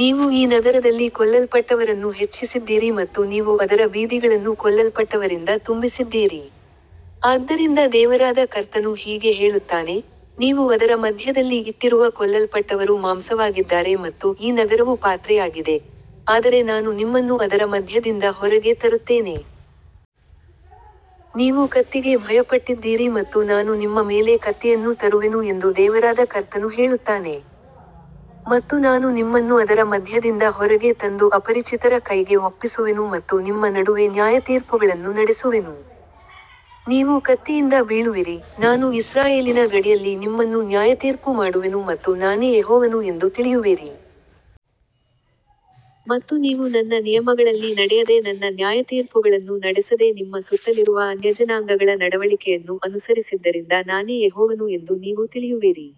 ನೀವು ಈ ನಗರದಲ್ಲಿ ಕೊಲ್ಲಲ್ಪಟ್ಟವರನ್ನು ಹೆಚ್ಚಿಸಿದ್ದೀರಿ ಮತ್ತು ನೀವು ಅದರ ಬೀದಿಗಳನ್ನು ಕೊಲ್ಲಲ್ಪಟ್ಟವರಿಂದ ತುಂಬಿಸಿದ್ದೀರಿ. ಆದ್ದರಿಂದ ದೇವರಾದ ಕರ್ತನು ಹೀಗೆ ಹೇಳುತ್ತಾನೆ, ನೀವು ಅದರ ಮಧ್ಯದಲ್ಲಿ ಇಟ್ಟಿರುವ ಕೊಲ್ಲಲ್ಪಟ್ಟವರು ಮಾಂಸವಾಗಿದ್ದಾರೆ ಮತ್ತು ಈ ನಗರವು ಪಾತ್ರೆಯಾಗಿದೆ, ಆದರೆ ನಾನು ನಿಮ್ಮನ್ನು ಅದರ ಮಧ್ಯದಿಂದ ಹೊರಗೆ ತರುತ್ತೇನೆ. ನೀವು ಕತ್ತಿಗೆ ಭಯಪಟ್ಟಿದ್ದೀರಿ ಮತ್ತು ನಾನು ನಿಮ್ಮ ಮೇಲೆ ಕತ್ತಿಯನ್ನು ತರುವೆನು ಎಂದು ದೇವರಾದ ಕರ್ತನು ಹೇಳುತ್ತಾನೆ. ಮತ್ತು ನಾನು ನಿಮ್ಮನ್ನು ಅದರ ಮಧ್ಯದಿಂದ ಹೊರಗೆ ತಂದು ಅಪರಿಚಿತರ ಕೈಗೆ ಒಪ್ಪಿಸುವೆನು ಮತ್ತು ನಿಮ್ಮ ನಡುವೆ ನ್ಯಾಯತೀರ್ಪುಗಳನ್ನು ನಡೆಸುವೆನು. ನೀವು ಕತ್ತಿಯಿಂದ ಬೀಳುವಿರಿ, ನಾನು ಇಸ್ರಾಯೇಲಿನ ಗಡಿಯಲ್ಲಿ ನಿಮ್ಮನ್ನು ನ್ಯಾಯತೀರ್ಪು ಮಾಡುವೆನು ಮತ್ತು ನಾನೇ ಯೆಹೋವನು ಎಂದು ತಿಳಿಯುವಿರಿ. ಮತ್ತು ನೀವು ನನ್ನ ನಿಯಮಗಳಲ್ಲಿ ನಡೆಯದೆ ನನ್ನ ನ್ಯಾಯತೀರ್ಪುಗಳನ್ನು ನಡೆಸದೆ ನಿಮ್ಮ ಸುತ್ತಲಿರುವ ಅನ್ಯಜನಾಂಗಗಳ ನಡವಳಿಕೆಯನ್ನು ಅನುಸರಿಸಿದ್ದರಿಂದ ನಾನೇ ಯೆಹೋವನು ಎಂದು ನೀವು ತಿಳಿಯುವಿರಿ.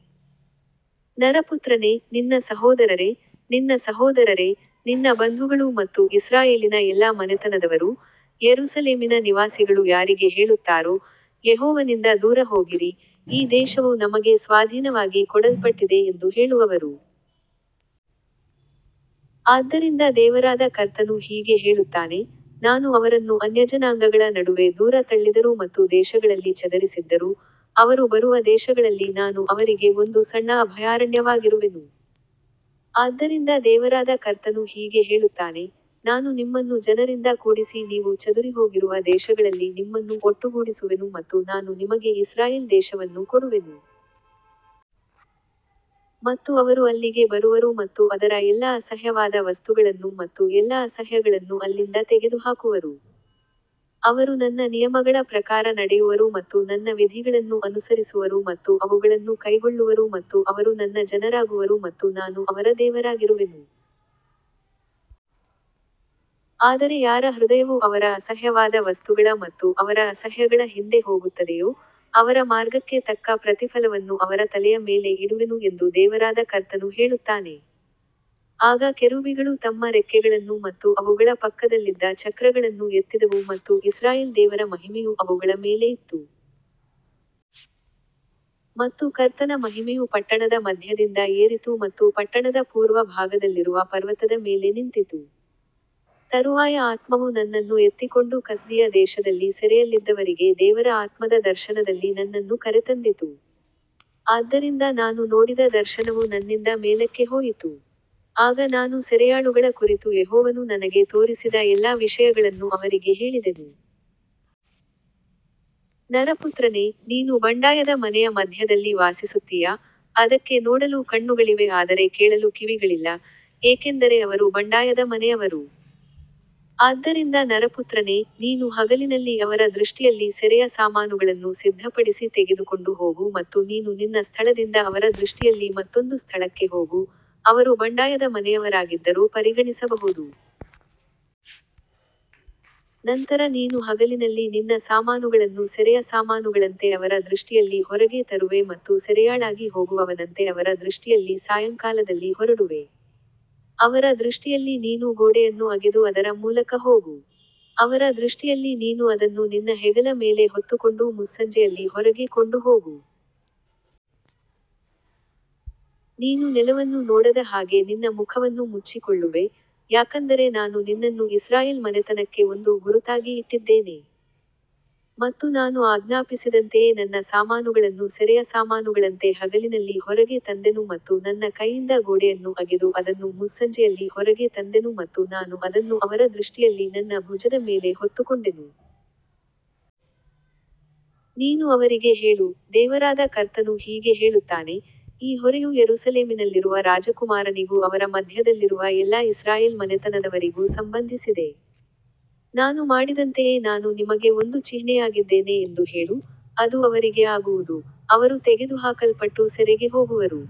ನರಪುತ್ರನೇ, ನಿನ್ನ ಸಹೋದರರೇ, ನಿನ್ನ ಸಹೋದರರೇ, ನಿನ್ನ ಬಂಧುಗಳು ಮತ್ತು ಇಸ್ರಾಯೇಲಿನ ಎಲ್ಲಾ ಮನೆತನದವರೂ, ಯೆರೂಸಲೇಮಿನ ನಿವಾಸಿಗಳು ಯಾರಿಗೆ ಹೇಳುತ್ತಾರೋ, ಯೆಹೋವನಿಂದ ದೂರ ಹೋಗಿರಿ, ಈ ದೇಶವು ನಮಗೆ ಸ್ವಾಧೀನವಾಗಿ ಕೊಡಲ್ಪಟ್ಟಿದೆ ಎಂದು ಹೇಳುವವರು. ಆದ್ದರಿಂದ ದೇವರಾದ ಕರ್ತನು ಹೀಗೆ ಹೇಳುತ್ತಾನೆ, ನಾನು ಅವರನ್ನು ಅನ್ಯಜನಾಂಗಗಳ ನಡುವೆ ದೂರ ತಳ್ಳಿದರೂ ಮತ್ತು ದೇಶಗಳಲ್ಲಿ ಚದರಿಸಿದ್ದರೂ, ಅವರು ಬರುವ ದೇಶಗಳಲ್ಲಿ ನಾನು ಅವರಿಗೆ ಒಂದು ಸಣ್ಣ ಅಭಯಾರಣ್ಯವಾಗಿರುವೆನು. ಆದ್ದರಿಂದ ದೇವರಾದ ಕರ್ತನು ಹೀಗೆ ಹೇಳುತ್ತಾನೆ, ನಾನು ನಿಮ್ಮನ್ನು ಜನರಿಂದ ಕೂಡಿಸಿ ನೀವು ಚದುರಿಹೋಗಿರುವ ದೇಶಗಳಲ್ಲಿ ನಿಮ್ಮನ್ನು ಒಟ್ಟುಗೂಡಿಸುವೆನು ಮತ್ತು ನಾನು ನಿಮಗೆ ಇಸ್ರಾಯೇಲ್ ದೇಶವನ್ನು ಕೊಡುವೆನು. ಮತ್ತು ಅವರು ಅಲ್ಲಿಗೆ ಬರುವರು ಮತ್ತು ಅದರ ಎಲ್ಲಾ ಅಸಹ್ಯವಾದ ವಸ್ತುಗಳನ್ನು ಮತ್ತು ಎಲ್ಲಾ ಅಸಹ್ಯಗಳನ್ನು ಅಲ್ಲಿಂದ ತೆಗೆದುಹಾಕುವರು. ಅವರು ನನ್ನ ನಿಯಮಗಳ ಪ್ರಕಾರ ನಡೆಯುವರು ಮತ್ತು ನನ್ನ ವಿಧಿಗಳನ್ನು ಅನುಸರಿಸುವರು ಮತ್ತು ಅವುಗಳನ್ನು ಕೈಗೊಳ್ಳುವರು ಮತ್ತು ಅವರು ನನ್ನ ಜನರಾಗುವರು ಮತ್ತು ನಾನು ಅವರ ದೇವರಾಗಿರುವೆನು. ಆದರೆ ಯಾರ ಹೃದಯವು ಅವರ ಅಸಹ್ಯವಾದ ವಸ್ತುಗಳ ಮತ್ತು ಅವರ ಅಸಹ್ಯಗಳ ಹಿಂದೆ ಹೋಗುತ್ತದೆಯೋ, ಅವರ ಮಾರ್ಗಕ್ಕೆ ತಕ್ಕ ಪ್ರತಿಫಲವನ್ನು ಅವರ ತಲೆಯ ಮೇಲೆ ಇಡುವೆನು ಎಂದು ದೇವರಾದ ಕರ್ತನು ಹೇಳುತ್ತಾನೆ. ಆಗ ಕೆರೂಬಿಗಳು ತಮ್ಮ ರೆಕ್ಕೆಗಳನ್ನು ಮತ್ತು ಅವುಗಳ ಪಕ್ಕದಲ್ಲಿದ್ದ ಚಕ್ರಗಳನ್ನು ಎತ್ತಿದವು ಮತ್ತು ಇಸ್ರಾಯೇಲ್ ದೇವರ ಮಹಿಮೆಯು ಅವುಗಳ ಮೇಲೆ ಇತ್ತು. ಮತ್ತು ಕರ್ತನ ಮಹಿಮೆಯು ಪಟ್ಟಣದ ಮಧ್ಯದಿಂದ ಏರಿತು ಮತ್ತು ಪಟ್ಟಣದ ಪೂರ್ವ ಭಾಗದಲ್ಲಿರುವ ಪರ್ವತದ ಮೇಲೆ ನಿಂತಿತು. ತರುವಾಯ ಆತ್ಮವು ನನ್ನನ್ನು ಎತ್ತಿಕೊಂಡು ಕಸ್ದೀಯ ದೇಶದಲ್ಲಿ ಸೆರೆಯಲ್ಲಿದ್ದವರಿಗೆ ದೇವರ ಆತ್ಮದ ದರ್ಶನದಲ್ಲಿ ನನ್ನನ್ನು ಕರೆತಂದಿತು. ಆದ್ದರಿಂದ ನಾನು ನೋಡಿದ ದರ್ಶನವು ನನ್ನಿಂದ ಮೇಲಕ್ಕೆ ಹೋಯಿತು. ಆಗ ನಾನು ಸೆರೆಯಾಳುಗಳ ಕುರಿತು ಯೆಹೋವನು ನನಗೆ ತೋರಿಸಿದ ಎಲ್ಲಾ ವಿಷಯಗಳನ್ನು ಅವರಿಗೆ ಹೇಳಿದೆನು. ನರಪುತ್ರನೇ, ನೀನು ಬಂಡಾಯದ ಮನೆಯ ಮಧ್ಯದಲ್ಲಿ ವಾಸಿಸುತ್ತೀಯಾ, ಅದಕ್ಕೆ ನೋಡಲು ಕಣ್ಣುಗಳಿವೆ ಆದರೆ ಕೇಳಲು ಕಿವಿಗಳಿಲ್ಲ, ಏಕೆಂದರೆ ಅವರು ಬಂಡಾಯದ ಮನೆಯವರು. ಆದ್ದರಿಂದ ನರಪುತ್ರನೇ, ನೀನು ಹಗಲಿನಲ್ಲಿ ಅವರ ದೃಷ್ಟಿಯಲ್ಲಿ ಸೆರೆಯ ಸಾಮಾನುಗಳನ್ನು ಸಿದ್ಧಪಡಿಸಿ ತೆಗೆದುಕೊಂಡು ಹೋಗು ಮತ್ತು ನೀನು ನಿನ್ನ ಸ್ಥಳದಿಂದ ಅವರ ದೃಷ್ಟಿಯಲ್ಲಿ ಮತ್ತೊಂದು ಸ್ಥಳಕ್ಕೆ ಹೋಗು, ಅವರು ಬಂಡಾಯದ ಮನೆಯವರಾಗಿದ್ದರೂ ಪರಿಗಣಿಸಬಹುದು. ನಂತರ ನೀನು ಹಗಲಿನಲ್ಲಿ ನಿನ್ನ ಸಾಮಾನುಗಳನ್ನು ಸೆರೆಯ ಸಾಮಾನುಗಳಂತೆ ಅವರ ದೃಷ್ಟಿಯಲ್ಲಿ ಹೊರಗೆ ತರುವೆ ಮತ್ತು ಸೆರೆಯಾಳಾಗಿ ಹೋಗುವವನಂತೆ ಅವರ ದೃಷ್ಟಿಯಲ್ಲಿ ಸಾಯಂಕಾಲದಲ್ಲಿ ಹೊರಡುವೆ. ಅವರ ದೃಷ್ಟಿಯಲ್ಲಿ ನೀನು ಗೋಡೆಯನ್ನು ಅಗೆದು ಅದರ ಮೂಲಕ ಹೋಗು. ಅವರ ದೃಷ್ಟಿಯಲ್ಲಿ ನೀನು ಅದನ್ನು ನಿನ್ನ ಹೆಗಲ ಮೇಲೆ ಹೊತ್ತುಕೊಂಡು ಮುಸ್ಸಂಜೆಯಲ್ಲಿ ಹೊರಗೆ ಕೊಂಡು ಹೋಗು. ನೀನು ನೆಲವನ್ನು ನೋಡದ ಹಾಗೆ ನಿನ್ನ ಮುಖವನ್ನು ಮುಚ್ಚಿಕೊಳ್ಳುವೆ, ಯಾಕಂದರೆ ನಾನು ನಿನ್ನನ್ನು ಇಸ್ರಾಯೇಲ್ ಮನೆತನಕ್ಕೆ ಒಂದು ಗುರುತಾಗಿ ಇಟ್ಟಿದ್ದೇನೆ. ಮತ್ತು ನಾನು ಆಜ್ಞಾಪಿಸಿದಂತೆಯೇ ನನ್ನ ಸಾಮಾನುಗಳನ್ನು ಸೆರೆಯ ಸಾಮಾನುಗಳಂತೆ ಹಗಲಿನಲ್ಲಿ ಹೊರಗೆ ತಂದೆನು ಮತ್ತು ನನ್ನ ಕೈಯಿಂದ ಗೋಡೆಯನ್ನು ಅಗೆದು ಅದನ್ನು ಮುಸ್ಸಂಜೆಯಲ್ಲಿ ಹೊರಗೆ ತಂದೆನು ಮತ್ತು ನಾನು ಅದನ್ನು ಅವರ ದೃಷ್ಟಿಯಲ್ಲಿ ನನ್ನ ಭುಜದ ಮೇಲೆ ಹೊತ್ತುಕೊಂಡೆನು. ನೀನು ಅವರಿಗೆ ಹೇಳು, ದೇವರಾದ ಕರ್ತನು ಹೀಗೆ ಹೇಳುತ್ತಾನೆ, ಈ ಹೊರೆಯು ಯೆರೂಸಲೇಮಿನಲ್ಲಿರುವ ರಾಜಕುಮಾರನಿಗೂ ಅವರ ಮಧ್ಯದಲ್ಲಿರುವ ಎಲ್ಲಾ ಇಸ್ರಾಯೇಲ್ ಮನೆತನದವರಿಗೂ ಸಂಬಂಧಿಸಿದೆ. ನಾನು ಮಾಡಿದಂತೆಯೇ ನಾನು ನಿಮಗೆ ಒಂದು ಚಿಹ್ನೆಯಾಗಿದ್ದೇನೆ ಎಂದು ಹೇಳು, ಅದು ಅವರಿಗೆ ಆಗುವುದು, ಅವರು ತೆಗೆದುಹಾಕಲ್ಪಟ್ಟು ಸೆರೆಗೆ ಹೋಗುವರು.